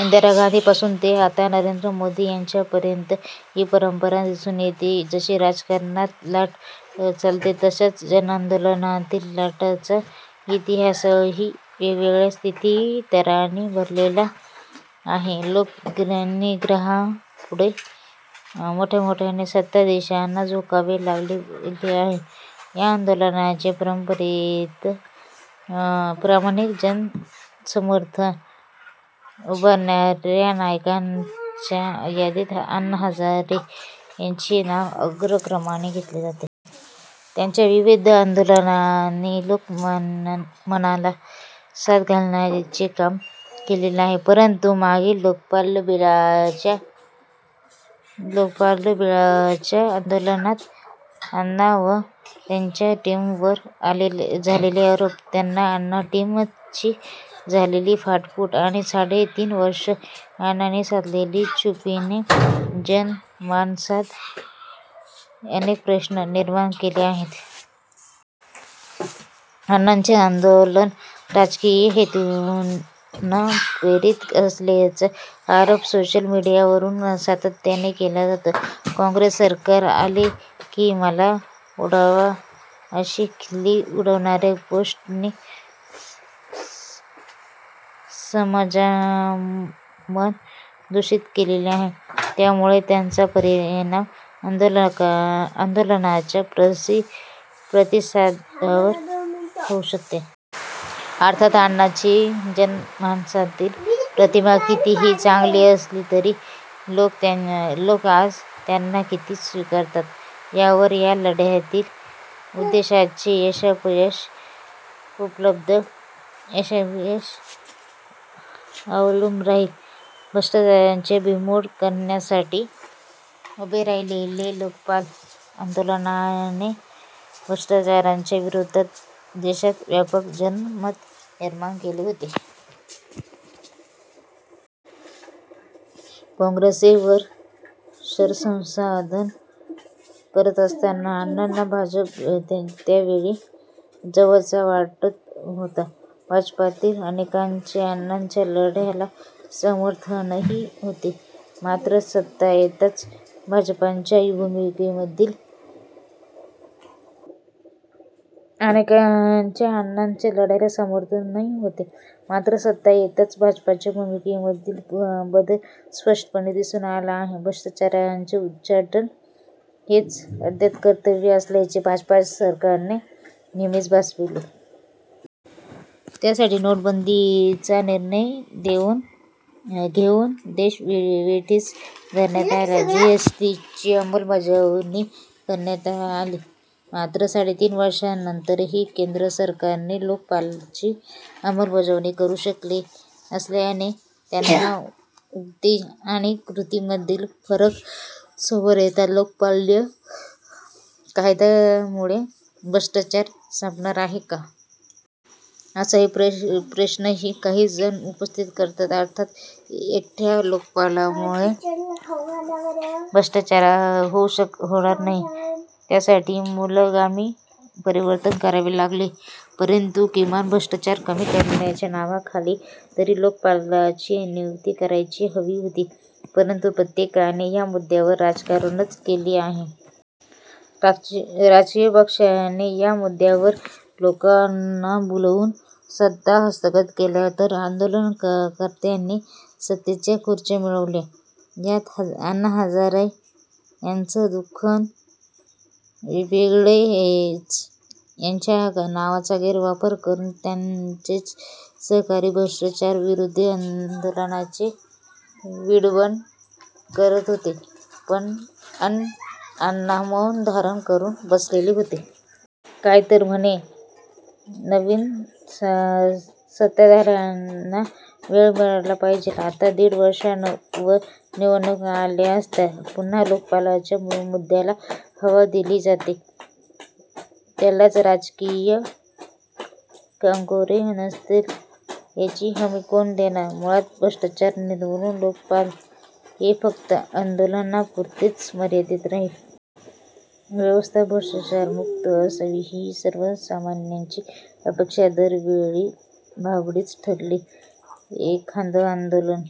इंदिरा गांधींपासून ते आता नरेंद्र मोदी यांच्या पर्यंत ही परंपरा दिसून येते. जशी राजकारणात लाट चालते तसाच जनआंदोलनांतील लाटांचा इतिहासही वेगवेगळ्या स्थित्यंतरांनी भारलेला आहे. लोकनिग्रहापुढे मोठमोठ्या सत्ताधीशांना झुकावे लागले आहे. या जनआंदोलनांच्या परंपरेत प्रामाणिक जनसमर्थन उभारण्याऱ्या नायकांच्या यादीत अण्णा हजारे यांचे नाव अग्रक्रमाने घेतले जाते. त्यांच्या विविध आंदोलनांनी लोकमनाला साद घालण्याचे काम केलेले आहे. परंतु मागील लोकपाल बिलाच्या आंदोलनात अण्णां व त्यांच्या टीमवर झालेले आरोप, त्यानंतर अण्णा टीमची झालेली फाटाफूट, आणि साडे तीनवर्ष अण्णांनी साधलेल्या चुप्पीने जनमानसात अनेक प्रश्न निर्माण केले आहेत. अण्णांचे आंदोलन राजकीय हेतून प्रेरित असल्याचा आरोप सोशल मीडियावरून सातत्याने केला जातो. 'काँग्रेस सरकार आले कि मला उठवा' अशा खिल्ली उडवणाऱ्या पोष्ट नी समजामन दूषित केलेलं आहे. त्यामुळे याचा परिणाम आंदोलनांच्या प्रतिसादावर होऊ शकतो. अर्थात, अण्णांची जनमानसातील प्रतिमा कितीही चांगली असली तरी लोक आज त्यांना किती स्वीकारतात यावर या लढ्यातील उद्देशाचे यशापयश अवलंबून राहील. भ्रष्टाचाराचा बीमोड करण्यासाठी उभे राहिलेल्या लोकपाल आंदोलनाने भ्रष्टाचाराच्या विरोधात देशात व्यापक जनमत निर्माण केले होते. काँग्रेस वर शरसंधान करत असताना अण्णांना भाजप त्यावेळी जवळचा वाटत होता. भाजपातील अनेकांचे अण्णांच्या लढ्याला समर्थनही होते. मात्र सत्ता येताच भाजपाच्या भूमिकेमधील बदल स्पष्टपणे दिसून आला आहे. भ्रष्टाचाराचे उच्चाटन हेच आद्य कर्तव्य असल्याचे भाजपा सरकारने नेहेमीच भासविले. त्यासाठी नोटबंदीचा निर्णय घेऊन देश वेठीस धरण्यात आला. जिएसटी ची अंलबजावणी करण्यात आली. मात्र साडेतीन वर्षांनंतरही केंद्र सरकार लोकपालाची अमलबजावणी करू शकले नसल्याने त्यांच्या उक्ती आणि कृतीमधील फरक समोर येतो. लोकपाल कायद्यामुळं भ्रष्टाचार संपणार आहे का? असा प्रश्नही काहीजण उपस्थति करतात. अर्थात एकट्या लोकपालामुळे भ्रष्टाचार दूर होणार नाही, त्यासाठी मूलगामी परिवर्तन करावे लागेल. परंतु किमान भ्रष्टाचार कमी करण्याच्या नावाखाली तरी लोकपालाची नियुक्ती करायला हवी होती. परंतु प्रत्येकाने या मुद्द्यावर राजकारणच केले आहे. राजकीय पक्षांनी या मुद्दावर लोकांना भुलवून सत्ता हस्तगत केल्या, तर आंदोलकर्त्यांनी सत्तेच्या खुर्च्या मिळविल्या. यात अण्णा हजारे यांचं दुखणं वेगळंच.. त्यांच्या नावाचा गैर वापर करून त्यांचेच सहकारी भ्रष्टाचार विरोधी आंदोलनाचे विडंबन करत होते, अन अण्णा मौन धारण करून बसले होते. काय तर म्हणे, नवीन सत्ताधार्यांना वेळ मिळाला पाहिजे. आता दीड वर्षावर निवडणुका आल्या असताना पुन्हा लोकपालच्या मुद्द्याला हवा दिली जातेय. याला राजकीय कंगोरे नसतील, याची हमी कोण देणार? मुळात, भ्रष्टाचार निर्मूलन, लोकपाल हे फक्त आंदोलनापुरतेच मर्यादित राहिले आहेत. व्यवस्था भ्रष्टाचार मुक्त असावी ही सर्वसामान्याची अपेक्षा दरवेळी भाबडीचं ठरली. एखाद आंदोलन